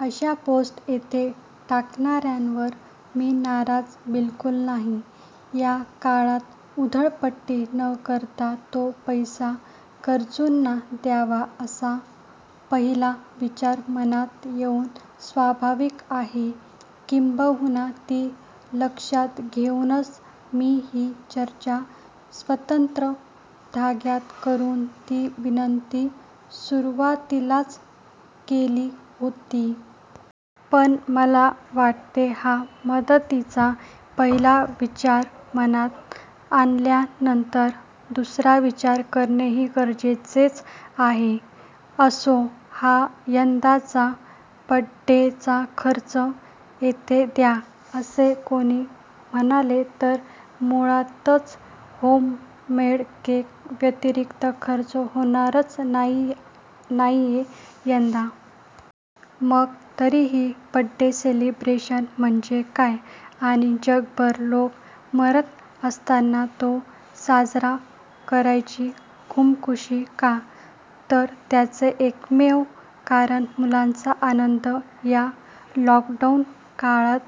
अश्या पोस्ट तिथे टाकणारयांवर मी नाराज बिलकुल नाही. या काळात उधळपट्टी न करता तो पैसा गरजूंना द्यावा असा पहिला विचार मनात येणे स्वाभाविक आहे. किंबहुना ती लक्षात घेऊनच मी ही चर्चा स्वतंत्र धाग्यात करूया अशी विनंती सुरुवातीलाच केली होती. पण मला वाटते हा मदतीचा पहिला विचार मनात आल्यानंतर दुसरा विचार करणेही गरजेचे आहे. असो, तर यंदाचा बड्डेचा खर्च तिथे द्या असे कोणी म्हणाले तर मुळातच होममेड केक व्यतीरीक्त खर्च होणारच नाहीये यंदा. मग तरीही बड्डे सेलिब्रेशन म्हणजे काय? आणि जगभर लोकं मरत असताना तो साजरा करायची खुमखुमी का?? तर याचे एकमेव कारण मुलांचा आनंद. या लॉकडाऊन काळात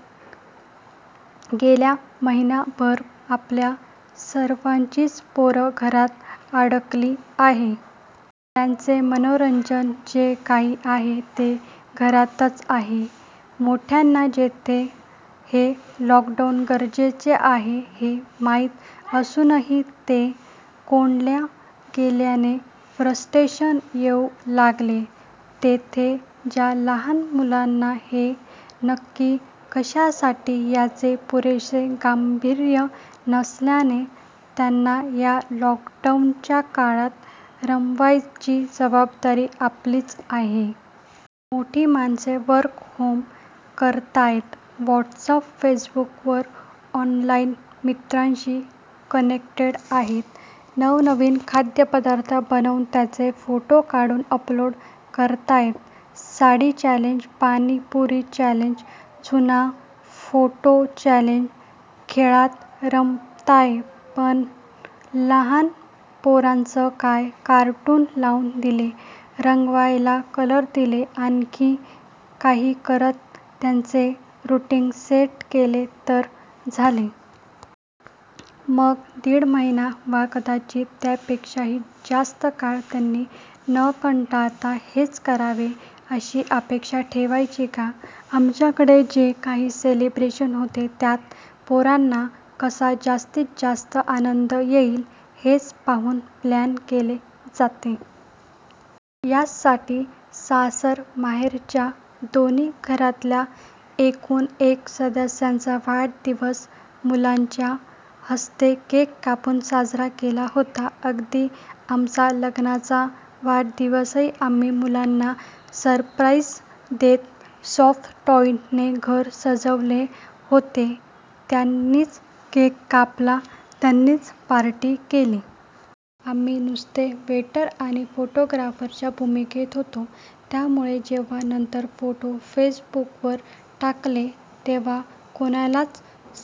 गेला महिनाभर आपल्या सर्वांचीच पोरे घरात अडकली आहेत. त्यांचे मनोरंजन जे काही आहे ते घरातच आहे. मोठ्यांना जिथे हे लॉकडाऊन गरजेचे आहे हे माहीत असूनही असे कोंडले गेल्याने फ्रस्टेशन येऊ लागलेय तिथे ज्या लहान मुलांना हे नक्की कश्यासाठी याचे पुरेसे गांभीर्य नसल्याने त्यांना या लॉकडाऊन काळात रमवायची जबाबदारी आपलीच आहे. मोठी माणसे वर्क फ्रॉम करताहेत. व्हॉट्सप फेसबूकवर ऑनलाईन मित्रांशी कनेक्टेड आहेत. नवनवीन खाद्यपदार्थ बनवून त्यांचे फोटो काढून अपलोड करताहेत, साडी चॅलेंज, पाणीपुरी चॅलेंज, जुना फोटो चॅलेंज खेळात रमताहेतपण लहान पोरांचे काय?? कार्टून लाऊन दिले, रंगवायला कलर्स दिले आणखी काही करत त्यांचेही रुटीन सेट केले तर झाले? मग दिड महिना वा कदाचित त्यापेक्षाही जास्त काळ त्यांनी न कंटाळता हेच करावे अशी अपेक्षा ठेवायची का? आमच्याकडे जे काही सेलिब्रेट होते त्यात पोरांना कसा जास्तीत जास्त आनंद येईल हेच बघून प्लान केले जाते. याचसाठी सासरमाहेरच्या दोन्ही घरातल्या एकूण एक सदस्यांचा वाढदिवस मुलांच्या हस्ते केक कापून साजरा केला जातो. अगदी आमचा लग्नाचा वाढदिवसही आम्ही मुलांना सरप्राईज देत सॉफ्ट टॉईजने घर सजवले होते. त्यांनीच केक कापला त्यांनीच पार्टी केली. आम्ही नुसते वेटर आणि फोटोग्राफरच्या भुमिकेत होतो. त्यामुळे जेव्हा नंतर फोटो फेसबूलवर टाकले तेव्हा कोणाला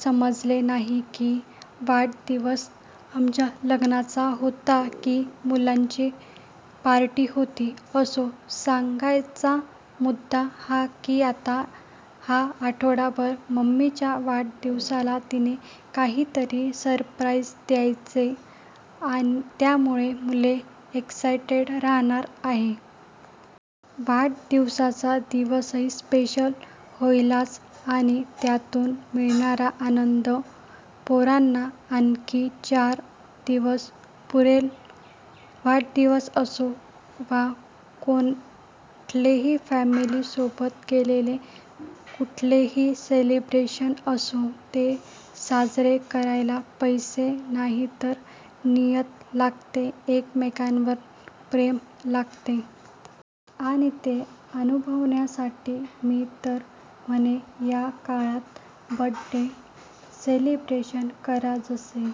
समजले नाही की वाढदिवस आमच्य लग्नाचा होता की मुलांची पार्टी होती. असो, सांगायचा मुद्दा हा की आता हा आठवडाभर मम्माच्या वाढदिवसाला तिला काहीतरी सरप्राईज द्यायचे यामुळे मुलगी एक्सायटेड राहणार आहे. वाढदिवसाचा दिवसही स्पेशल होईलच. आणि त्यातून मिळणारा आनंद पोरांना आणखी चार दिवस पुरेल. वाढदिवस असो वा कुठलेही फॅमिलीसोबत केलेले कुठलेही सेलिब्रेशन असो, ते साजरे करायला पैसा नाही तर नियत लागते, एकमेकांवर प्रेम लागते. आणि ते अनुभवण्यासाठी मी तर म्हणेन या काळात बर्थडे सेलिब्रेशन कराजसं